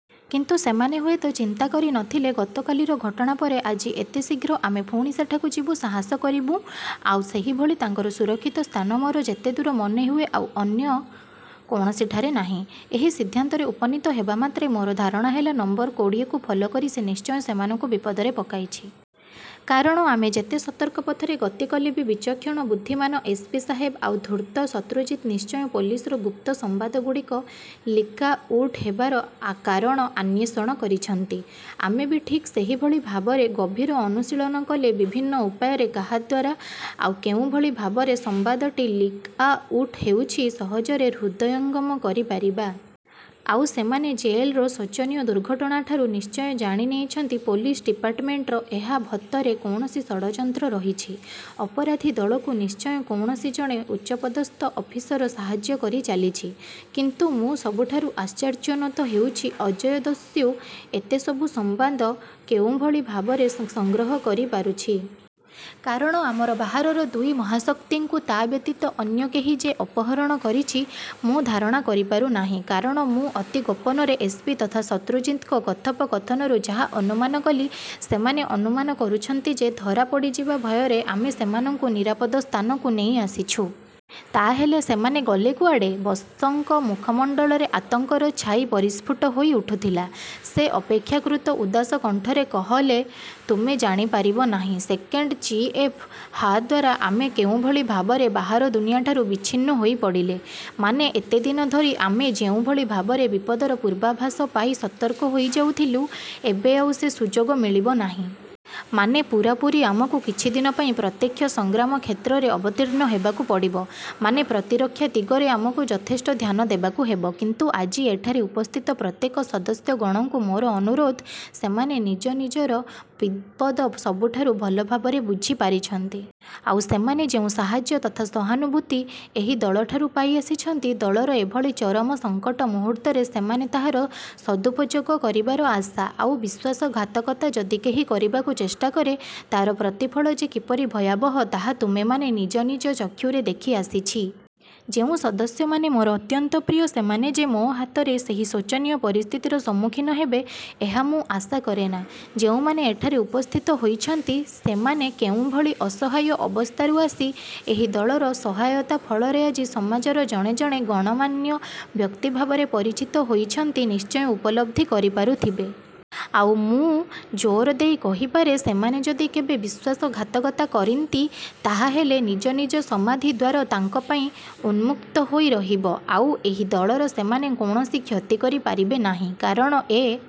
କିନ୍ତୁ ସେମାନେ ହୁଏତ ଚିନ୍ତା କରି ନ ଥିଲେ ଗତକାଲିର ଘଟଣା ପରେ ଆଜି ଏତେ ଶୀଘ୍ର ଆମେ ପୁଣି ସେଠାକୁ ଯିବାକୁ ସାହସ କରିବୁଁ ଆଉ ସେହିଭଳି ତାଙ୍କର ସୁରକ୍ଷିତ ସ୍ଥାନ ମୋର ଯେତେଦୂର ମନେହୁଏ ଆଉ ଅନ୍ୟ କୌଣସିଠାରେ ନାହିଁ। ଏହି ସିଦ୍ଧାନ୍ତରେ ଉପନୀତ ହେବା ମାତ୍ରେ ମୋର ଧାରଣା ହେଲା ନମ୍ବର କୋଡ଼ିଏକୁ ଫଲୋ କରି ସେ ନିଶ୍ଚୟ ସେମାନଙ୍କୁ ବିପଦରେ ପକାଇଛି। କାରଣ ଆମେ ଯେତେ ସତର୍କ ପଥରେ ଗତି କଲେ ବି ବିଚକ୍ଷଣ ବୁଦ୍ଧିମାନ ଏସ୍ ପି ସାହେବ ଆଉ ଧୂର୍ତ୍ତ ଶତ୍ରୁଜିତ ନିଶ୍ଚୟ ପୋଲିସର ଗୁପ୍ତ ସମ୍ବାଦଗୁଡ଼ିକ ଲିକ୍ଆ ଉଟ୍ ହେବାର କାରଣ ଆନ୍ୱେଷଣ କରିଛନ୍ତି। ଆମେ ବି ଠିକ୍ ସେହିଭଳି ଭାବରେ ଗଭୀର ଅନୁଶୀଳନ କଲେ ବିଭିନ୍ନ ଉପାୟରେ କାହା ଦ୍ୱାରା ଆଉ କେଉଁଭଳି ଭାବରେ ସମ୍ବାଦଟି ଲିକ୍ଆ ଉଟ୍ ହେଉଛି, ସହଜରେ ହୃଦୟଙ୍ଗମ କରି ପାରିବା। ଆଉ ସେମାନେ ଜେଲର ଶୋଚନୀୟ ଦୁର୍ଘଟଣାଠାରୁ ନିଶ୍ଚୟ ଜାଣି ନେଇଛନ୍ତି ପୋଲିସ ଡିପାର୍ଟମେଣ୍ଟର ଏହା ଭତରେ କୌଣସି ଷଡ଼ଯନ୍ତ୍ର ରହିଛି। ଅପରାଧୀ ଦଳକୁ ନିଶ୍ଚୟ କୌଣସି ଜଣେ ଉଚ୍ଚପଦସ୍ଥ ଅଫିସର ସାହାଯ୍ୟ କରିଚାଲିଛି। କିନ୍ତୁ ମୁଁ ସବୁଠାରୁ ଆଶ୍ଚର୍ଯ୍ୟାନ୍ୱତ ହେଉଛି, ଅଜୟ ଦସ୍ୟୁ ଏତେ ସବୁ ସମ୍ବାଦ କେଉଁଭଳି ଭାବରେ ସଂଗ୍ରହ କରି ପାରୁଛି। କାରଣ ଆମର ବାହାରର ଦୁଇ ମହାଶକ୍ତିଙ୍କୁ ତା ବ୍ୟତୀତ ଅନ୍ୟ କେହି ଯେ ଅପହରଣ କରିଛି ମୁଁ ଧାରଣା କରି ପାରୁ ନାହିଁ। କାରଣ ମୁଁ ଅତି ଗୋପନରେ ଏସ୍. ପି ତଥା ଶତ୍ରୁଜିତଙ୍କ କଥୋପ କଥନରୁ ଯାହା ଅନୁମାନ କଲି, ସେମାନେ ଅନୁମାନ କରୁଛନ୍ତି ଯେ, ଧରା ପଡ଼ିଯିବା ଭୟରେ ଆମେ ସେମାନଙ୍କୁ ନିରାପଦ ସ୍ଥାନକୁ ନେଇ ଆସିଛୁ। ତା ହେଲେ ସେମାନେ ଗଲେ କୁଆଡ଼େ? ବସଙ୍କ ମୁଖମଣ୍ଡଳରେ ଆତଙ୍କର ଛାଇ ପରିସ୍ଫୁଟ ହୋଇ ଉଠୁଥିଲା। ସେ ଅପେକ୍ଷାକୃତ ଉଦାସ କଣ୍ଠରେ କହଲେ ତୁମେ ଜାଣିପାରିବ ନାହିଁ ସେକେଣ୍ଡ ଚିଫ୍ଏ ହାଦ୍ୱାରା ଆମେ କେଉଁଭଳି ଭାବରେ ବାହାର ଦୁନିଆଠାରୁ ବିଚ୍ଛିନ୍ନ ହୋଇପଡ଼ିଲେ। ମାନେ ଏତେ ଦିନ ଧରି ଆମେ ଯେଉଁଭଳି ଭାବରେ ବିପଦର ପୂର୍ବାଭାସ ପାଇ ସତର୍କ ହୋଇ ଯାଉଥିଲୁ ଏବେ ଆଉ ସେ ସୁଯୋଗ ମିଳିବ ନାହିଁ। ମାନେ ପୂରାପୂରି ଆମକୁ କିଛିଦିନ ପାଇଁ ପ୍ରତ୍ୟକ୍ଷ ସଂଗ୍ରାମ କ୍ଷେତ୍ରରେ ଅବତୀର୍ଣ୍ଣ ହେବାକୁ ପଡ଼ିବ। ମାନେ ପ୍ରତିରକ୍ଷା ଦିଗରେ ଆମକୁ ଯଥେଷ୍ଟ ଧ୍ୟାନ ଦେବାକୁ ହେବ। କିନ୍ତୁ ଆଜି ଏଠାରେ ଉପସ୍ଥିତ ପ୍ରତ୍ୟେକ ସଦସ୍ୟଗଣଙ୍କୁ ମୋର ଅନୁରୋଧ ସେମାନେ ନିଜ ନିଜର ବିପଦ ସବୁଠାରୁ ଭଲ ଭାବରେ ବୁଝି ପାରିଛନ୍ତି। ଆଉ ସେମାନେ ଯେଉଁ ସାହାଯ୍ୟ ତଥା ସହାନୁଭୂତି ଏହି ଦଳଠାରୁ ପାଇ ଆସିଛନ୍ତି, ଦଳର ଏ ଭଳି ଚରମ ସଂକଟ ମୁହୂର୍ତ୍ତରେ ସେମାନେ ତାହାର ସଦୁପଯୋଗ। କରିବାର ଆଶା। ଆଉ ବିଶ୍ୱାସଘାତକତା ଯଦି କେହି କରିବାକୁ ଚେଷ୍ଟା କରେ ତାର ପ୍ରତିଫଳ ଯେ କିପରି ଭୟାବହ ତାହା ତୁମେମାନେ ନିଜ ନିଜ ଚକ୍ଷୁରେ ଦେଖି ଆସିଛି। ଯେଉଁ ସଦସ୍ୟମାନେ ମୋର ଅତ୍ୟନ୍ତ ପ୍ରିୟ ସେମାନେ ଯେ ମୋ ହାତରେ ସେହି ଶୋଚନୀୟ ପରିସ୍ଥିତିର ସମ୍ମୁଖୀନ ହେବେ, ଏହା ମୁଁ ଆଶା କରେନା। ଯେଉଁମାନେ ଏଠାରେ ଉପସ୍ଥିତ ହୋଇଛନ୍ତି, ସୋମାନେ କେଉଁଭଳି ଅସହାୟ ଅବସ୍ଥାରୁ ଆସି ଏହି ଦଳର ସହାୟତା ଫଳରେ ଆଜି ସମାଜର ଜଣେ ଜଣେ ଗଣ୍ୟମାନ୍ୟ ବ୍ୟକ୍ତି ଭାବରେ ପରିଚିତ ହୋଇଛନ୍ତି ନିଶ୍ଚୟ ଉପଲବ୍ଧି କରି ପାରୁଥିବେ। ଆଉ ମୁଁ ଯୋର ଦେଇ କହିପାରେ ସେମାନେ ଯଦି କେବେ ବିଶ୍ୱାସଘାତକତା କରିନ୍ତି, ତାହାହେଲେ ନିଜ ନିଜ ସମାଧି ଦ୍ୱାର ତାଙ୍କ ପାଇଁ ଉନ୍ମୁକ୍ତ ହୋଇ ରହିବ, ଆଉ ଏହି ଦଳର ସେମାନେ କୌଣସି କ୍ଷତି କରି ପାରିବେ ନାହିଁ। କାରଣ ଏ